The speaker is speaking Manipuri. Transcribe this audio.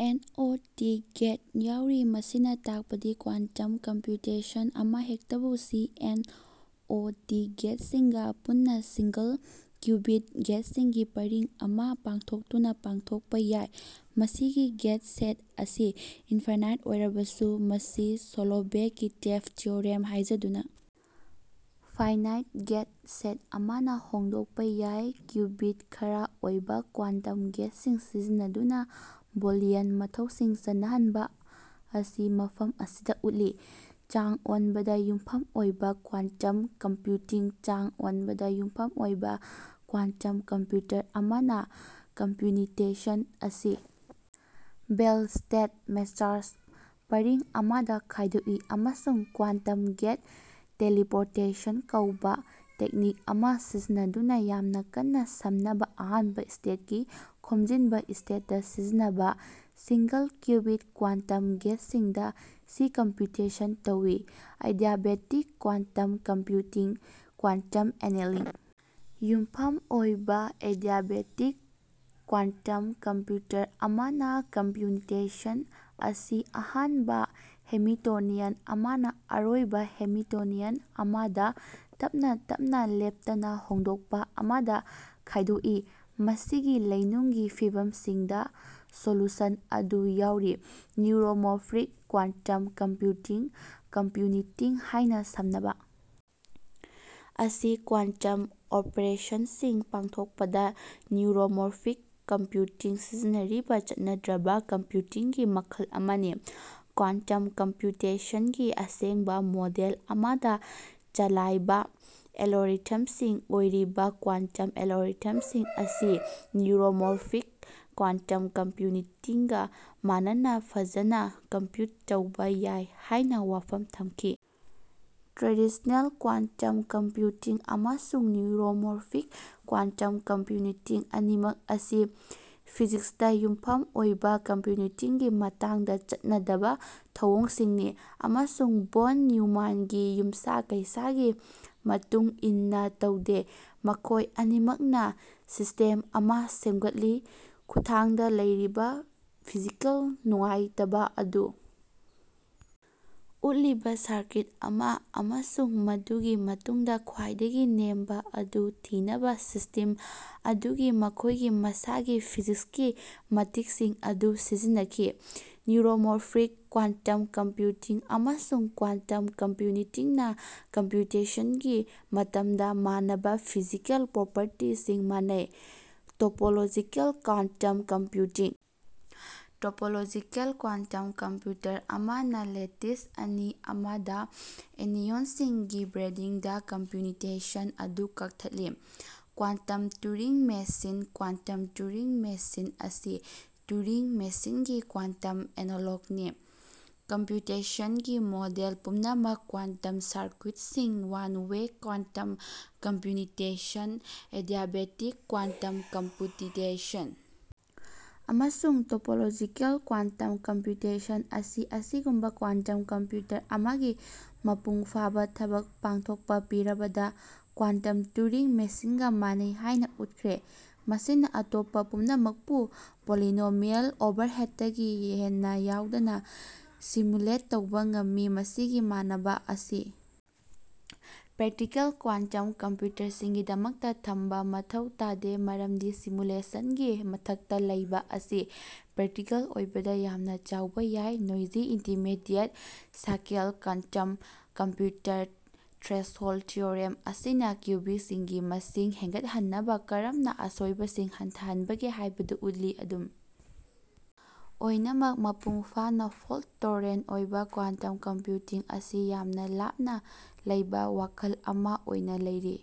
ꯑꯦꯟ. ꯑꯣ. ꯇꯤ. ꯒꯦꯠ ꯌꯥꯎꯔꯤ꯫ ꯃꯁꯤꯅ ꯇꯥꯛꯄꯗꯤ ꯀ꯭ꯋꯥꯟꯇꯝ ꯀꯝꯄ꯭ꯌꯨꯇꯦꯁꯟ ꯑꯃꯍꯦꯛꯇꯕꯨ ꯁꯤ. ꯑꯦꯟ. ꯑꯣ. ꯇꯤ. ꯒꯦꯠꯁꯤꯡꯒ ꯄꯨꯟꯅ ꯁꯤꯡꯒꯜ-ꯀ꯭ꯌꯨꯕꯤꯠ ꯒꯦꯠꯁꯤꯡꯒꯤ ꯄꯔꯤꯡ ꯑꯃ ꯄꯥꯡꯊꯣꯛꯇꯨꯅ ꯄꯥꯡꯊꯣꯛꯄ ꯌꯥꯏ꯫ ꯃꯁꯤꯒꯤ ꯒꯦꯠ ꯁꯦꯠ ꯑꯁꯤ ꯏꯟꯐꯥꯏꯅꯥꯏꯠ ꯑꯣꯏꯔꯕꯁꯨ, ꯃꯁꯤ ꯁꯣꯂꯣꯚꯦ-ꯀꯤꯇꯦꯚ ꯊꯤꯑꯣꯔꯦꯝ ꯍꯥꯏꯖꯗꯨꯅ ꯐꯥꯏꯅꯥꯏꯠ ꯒꯦꯠ ꯁꯦꯠ ꯑꯃꯅ ꯍꯣꯡꯗꯣꯛꯄ ꯌꯥꯏ꯫ ꯀ꯭ꯌꯨꯕꯤꯠ-ꯈꯔ ꯑꯣꯏꯕ ꯀ꯭ꯋꯥꯟꯇꯝ ꯒꯦꯠꯁꯤꯡ ꯁꯤꯖꯤꯟꯅꯗꯨꯅ ꯕꯣꯂꯤꯌꯟ ꯃꯊꯧꯁꯤꯡ ꯆꯠꯅꯍꯟꯕ ꯑꯁꯤ ꯃꯐꯝ ꯑꯁꯤꯗ ꯎꯠꯂꯤ꯫ ꯆꯥꯡ ꯑꯣꯟꯕꯗ ꯌꯨꯝꯐꯝ ꯑꯣꯏꯕ ꯀ꯭ꯋꯥꯟꯇꯝ ꯀꯝꯄꯨꯇꯤꯡ ꯆꯥꯡ ꯑꯣꯟꯕꯗ ꯌꯨꯝꯐꯝ ꯑꯣꯏꯕ ꯀ꯭ꯋꯥꯟꯇꯝ ꯀꯝꯄ꯭ꯌꯨꯇꯔ ꯑꯃꯅ ꯀꯝꯄ꯭ꯌꯨꯅꯤꯇꯦꯁꯟ ꯑꯁꯤ ꯕꯦꯜ ꯁ꯭ꯇꯦꯠ ꯃꯦꯆꯔꯁ ꯄꯔꯤꯡ ꯑꯃꯗ ꯈꯥꯏꯗꯣꯛꯏ ꯑꯃꯁꯨꯡ ꯀ꯭ꯋꯥꯟꯇꯝ ꯒꯦꯠ ꯇꯦꯂꯤꯄꯣꯔꯇꯦꯁꯟ ꯀꯧꯕ ꯇꯦꯛꯅꯤꯛ ꯑꯃ ꯁꯤꯖꯤꯟꯅꯗꯨꯅ ꯌꯥꯝꯅ ꯀꯟꯅ ꯁꯝꯅꯕ ꯑꯍꯥꯟꯕ ꯁ꯭ꯇꯦꯠꯀꯤ (ꯈꯣꯝꯖꯤꯟꯕ ꯁ꯭ꯇꯦꯠ) ꯗ ꯁꯤꯖꯤꯟꯅꯕ ꯁꯤꯡꯒꯜ-ꯀ꯭ꯌꯨꯕꯤꯠ ꯀ꯭ꯋꯥꯟꯇꯝ ꯒꯦꯠꯁꯤꯡꯗ ꯁꯤꯀꯝꯄꯨꯇꯦꯁꯟ ꯇꯧꯋꯤ꯫ Adiabatic quantum computing quantum annealing ꯌꯨꯝꯐꯝ ꯑꯣꯏꯕ ꯑꯦꯗꯤꯌꯥꯕꯦꯇꯤꯛ ꯀ꯭ꯋꯥꯟꯠꯝ ꯀꯝꯄ꯭ꯌꯨꯇꯔ ꯑꯃꯅ, ꯀꯝꯄ꯭ꯌꯨꯅꯤꯇꯦꯁꯟ ꯑꯁꯤ ꯑꯍꯥꯟꯕ ꯍꯦꯃꯤꯇꯣꯅꯤꯌꯟ ꯑꯃꯅ ꯑꯔꯣꯏꯕ ꯍꯦꯃꯤꯇꯣꯅꯤꯇꯤꯌꯟ ꯑꯃꯗ ꯇꯞꯅ ꯇꯞꯅ ꯂꯦꯞꯇꯅ ꯍꯣꯡꯗꯣꯛꯄ ꯑꯃꯗ ꯈꯥꯏꯗꯣꯛꯏ, ꯃꯁꯤꯒꯤ ꯂꯩꯅꯨꯡꯒꯤ ꯐꯤꯚꯝꯁꯤꯡꯗ ꯁꯣꯂꯨꯁꯟ ꯑꯗꯨ ꯌꯥꯎꯏ꯫ ꯅ꯭ꯌꯨꯔꯣꯃꯣꯐ꯭ꯔꯤꯛ ꯀ꯭ꯋꯥꯟꯇꯝ ꯀꯝꯄ꯭ꯌꯨꯇꯤꯡ ("ꯀꯝꯄ꯭ꯌꯨꯅꯤꯇꯤꯡ " ꯍꯥꯏꯅ ꯁꯝꯅꯕ) ꯑꯁꯤ ꯀ꯭ꯋꯥꯟꯇꯝ ꯑꯣꯄꯔꯦꯁꯟꯁꯤꯡ ꯄꯥꯡꯊꯣꯛꯄꯗ ꯅ꯭ꯌꯨꯔꯣꯃꯣꯔꯐꯤꯛ ꯀꯝꯄ꯭ꯌꯨꯇꯤꯡ ꯁꯤꯖꯤꯟꯅꯔꯤꯕ ꯆꯠꯅꯗ꯭ꯔꯕ ꯀꯝꯄ꯭ꯌꯨꯇꯤꯡꯒꯤ ꯃꯈꯜ ꯑꯃꯅꯤ꯫ ꯀ꯭ꯋꯥꯟꯇꯝ ꯀꯝꯄ꯭ꯌꯨꯇꯦꯁꯟꯒꯤ ꯑꯁꯦꯡꯕ ꯃꯣꯗꯦꯜ ꯑꯃꯗ ꯆꯂꯥꯏꯕ ꯑꯦꯂꯣꯔꯤꯊꯝꯁꯤꯡ ꯑꯣꯏꯔꯤꯕ ꯀ꯭ꯋꯥꯟꯇꯝ ꯑꯦꯂꯣꯔꯤꯊꯝꯁꯤꯡ ꯑꯁꯤ ꯅ꯭ꯌꯨꯔꯣꯃꯣꯐ꯭ꯔꯤꯛ ꯀ꯭ꯋꯥꯟꯇꯝ ꯀꯝꯄ꯭ꯌꯨꯅꯤꯇꯤꯡꯒ ꯃꯥꯟꯅꯅ ꯐꯖꯅ ꯀꯝꯄ꯭ꯌꯨꯠ ꯇꯧꯕ ꯌꯥꯏ ꯍꯥꯏꯅ ꯋꯥꯐꯝ ꯊꯝꯈꯤ꯫ ꯇ꯭ꯔꯦꯗꯤꯁꯅꯦꯜ ꯀ꯭ꯋꯥꯟꯇꯝ ꯀꯝꯄ꯭ꯌꯨꯇꯤꯡ ꯑꯃꯁꯨꯡ ꯅ꯭ꯌꯨꯔꯣꯃꯣꯔꯐꯤꯛ ꯀ꯭ꯋꯥꯟꯇꯝ ꯀꯝꯄ꯭ꯌꯨꯅꯤꯇꯤꯡ ꯑꯅꯤꯃꯛ ꯑꯁꯤ ꯐꯤꯖꯤꯛꯁꯇ ꯌꯨꯝꯐꯝ ꯑꯣꯏꯕ ꯀꯝꯄ꯭ꯌꯨꯇꯤꯡꯒꯤ ꯃꯇꯥꯡꯗ ꯆꯠꯅꯗꯕ ꯊꯧꯑꯣꯡꯁꯤꯡꯅꯤ ꯑꯃꯁꯨꯡ ꯚꯣꯟ ꯅ꯭ꯌꯨꯃꯥꯟꯒꯤ ꯌꯨꯝꯁꯥ-ꯀꯩꯁꯥꯒꯤ ꯃꯇꯨꯡ ꯏꯟꯅ ꯇꯧꯗꯦ꯫ ꯃꯈꯣꯏ ꯑꯅꯤꯃꯛꯅ ꯁꯤꯁꯇꯦꯝ ꯑꯃ ꯁꯦꯝꯒꯠꯂꯤ (ꯈꯨꯊꯥꯡꯗ ꯂꯩꯔꯤꯕ ꯐꯤꯖꯤꯀꯦꯜ ꯅꯨꯡꯉꯥꯏꯇꯕ ꯑꯗꯨ ꯎꯠꯂꯤꯕ ꯁꯔꯀꯤꯠ ꯑꯃ) ꯑꯃꯁꯨꯡ ꯃꯗꯨꯒꯤ ꯃꯇꯨꯡꯗ "ꯈ꯭ꯋꯥꯏꯗꯒꯤ ꯅꯦꯝꯕ" ꯑꯗꯨ ꯊꯤꯅꯕ ꯁꯤꯁꯇꯤꯝ ꯑꯗꯨꯒꯤ ꯃꯈꯣꯏꯒꯤ ꯃꯁꯥꯒꯤ ꯐꯤꯖꯤꯛꯁꯀꯤ ꯃꯇꯤꯛꯁꯤꯡ ꯑꯗꯨ ꯁꯤꯖꯤꯟꯅꯈꯤ꯫ ꯅ꯭ꯌꯨꯔꯣꯃꯣꯐ꯭ꯔꯤꯛ ꯀ꯭ꯋꯥꯟꯇꯝ ꯀꯝꯄ꯭ꯌꯨꯇꯤꯡ ꯑꯃꯁꯨꯡ ꯀ꯭ꯋꯥꯟꯠꯝ ꯀꯝꯄ꯭ꯌꯨꯅꯤꯇꯤꯡꯅ ꯀꯝꯄ꯭ꯌꯨꯇꯦꯁꯟꯒꯤ ꯃꯇꯝꯗ ꯃꯥꯟꯅꯕ ꯐꯤꯖꯤꯀꯦꯜ ꯄ꯭ꯔꯣꯄꯔꯇꯤꯁꯤꯡ ꯃꯥꯟꯅꯩ꯫ Topological quantum computing topological quantum computer ꯑꯃꯅ ꯂꯦꯇꯤꯁ ꯑꯅꯤ ꯑꯃꯗ ꯑꯦꯅꯤꯑꯣꯟꯁꯤꯡꯒꯤ ꯕ꯭ꯔꯦꯗꯤꯡꯗ ꯀꯝꯄ꯭ꯌꯨꯅꯤꯇꯦꯁꯟ ꯑꯗꯨ ꯀꯛꯊꯠꯂꯤ꯫ Quantum Turing machine quantum Turing machine ꯑꯁꯤ ꯇꯨꯔꯤꯡ ꯃꯦꯁꯤꯟꯒꯤ ꯀ꯭ꯋꯥꯟꯇꯝ ꯑꯦꯅꯣꯂꯣꯒꯅꯤ꯫ ꯀꯝꯄ꯭ꯌꯨꯇꯦꯁꯟꯒꯤ ꯃꯣꯗꯦꯜ ꯄꯨꯝꯅꯃꯛ-ꯀ꯭ꯋꯥꯟꯇꯝ ꯁꯔꯀ꯭ꯌꯨꯠꯁꯤꯡ, one way quantum computation, adiabatic quantum computation, ꯑꯃꯁꯨꯡ ꯇꯣꯄꯣꯂꯣꯖꯤꯀꯦꯜ ꯀ꯭ꯋꯥꯟꯠꯝ ꯀꯝꯄ꯭ꯌꯨꯇꯦꯁꯟ -ꯑꯁꯤ ꯑꯁꯤꯒꯨꯝꯕ ꯀ꯭ꯋꯥꯟꯇꯝ ꯀꯝꯄ꯭ꯌꯨꯇꯔ ꯑꯃꯒꯤ ꯃꯄꯨꯡ ꯐꯥꯕ ꯊꯕꯛ ꯄꯥꯡꯊꯣꯛꯄ ꯄꯤꯔꯕꯗ ꯀ꯭ꯋꯥꯟꯇꯝ ꯇꯨꯔꯤꯡ ꯃꯦꯁꯤꯟꯒ ꯃꯥꯟꯅꯩ ꯍꯥꯏꯅ ꯎꯠꯈ꯭ꯔꯦ, ꯃꯁꯤꯅ ꯑꯇꯣꯞꯄ ꯄꯨꯝꯅꯃꯛꯄꯨ ꯄꯣꯂꯤꯅꯣꯃꯤꯌꯦꯜ ꯑꯣꯚꯔꯍꯦꯗꯇꯒꯤ ꯍꯦꯟꯅ ꯌꯥꯎꯗꯅ ꯁꯤꯃ꯭ꯌꯨꯂꯦꯠ ꯇꯧꯕ ꯉꯝꯃꯤ꯫ ꯃꯁꯤꯒꯤ ꯃꯥꯟꯅꯕ ꯑꯁꯤ ꯄ꯭ꯔꯦꯛꯇꯤꯀꯦꯜ ꯀ꯭ꯋꯥꯟꯇꯝ ꯀꯝꯄ꯭ꯌꯨꯇꯔꯁꯤꯡꯒꯤꯗꯃꯛꯇ ꯊꯝꯕ ꯃꯊꯧ ꯇꯥꯗꯦ, ꯃꯔꯝꯗꯤ ꯁꯤꯃ꯭ꯌꯨꯂꯦꯁꯟꯒꯤ ꯃꯊꯛꯇ ꯂꯩꯕ ꯑꯁꯤ ꯄ꯭ꯔꯦꯛꯇꯤꯀꯦꯜ ꯑꯣꯏꯕꯗ ꯌꯥꯝꯅ ꯆꯥꯎꯕ ꯌꯥꯏ꯫ Noisy intermediate scale quantum computing threshold theorem ꯑꯁꯤꯅ ꯀ꯭ꯌꯨꯕꯤꯛꯁꯤꯡꯒꯤ ꯃꯁꯤꯡ ꯍꯦꯟꯒꯠꯍꯟꯕꯅ ꯀꯔꯝꯅ ꯑꯁꯣꯏꯕꯁꯤꯡ ꯍꯟꯊꯍꯟꯕꯒꯦ ꯍꯥꯏꯕꯗꯨ ꯎꯠꯂꯤ, ꯑꯗꯨꯝ ꯑꯣꯏꯅꯃꯛ ꯃꯄꯨꯡꯐꯥꯅ ꯐꯣꯜꯠ-ꯇꯣꯜꯔꯦꯟ ꯑꯣꯏꯕ ꯀ꯭ꯋꯥꯟꯇꯝ ꯀꯝꯄ꯭ꯌꯨꯇꯤꯡ ꯑꯁꯤ "ꯌꯥꯝꯅ ꯂꯥꯞꯅ ꯂꯩꯕ ꯋꯥꯈꯜ ꯑꯃ" ꯑꯣꯏꯅ ꯂꯩꯔꯤ꯫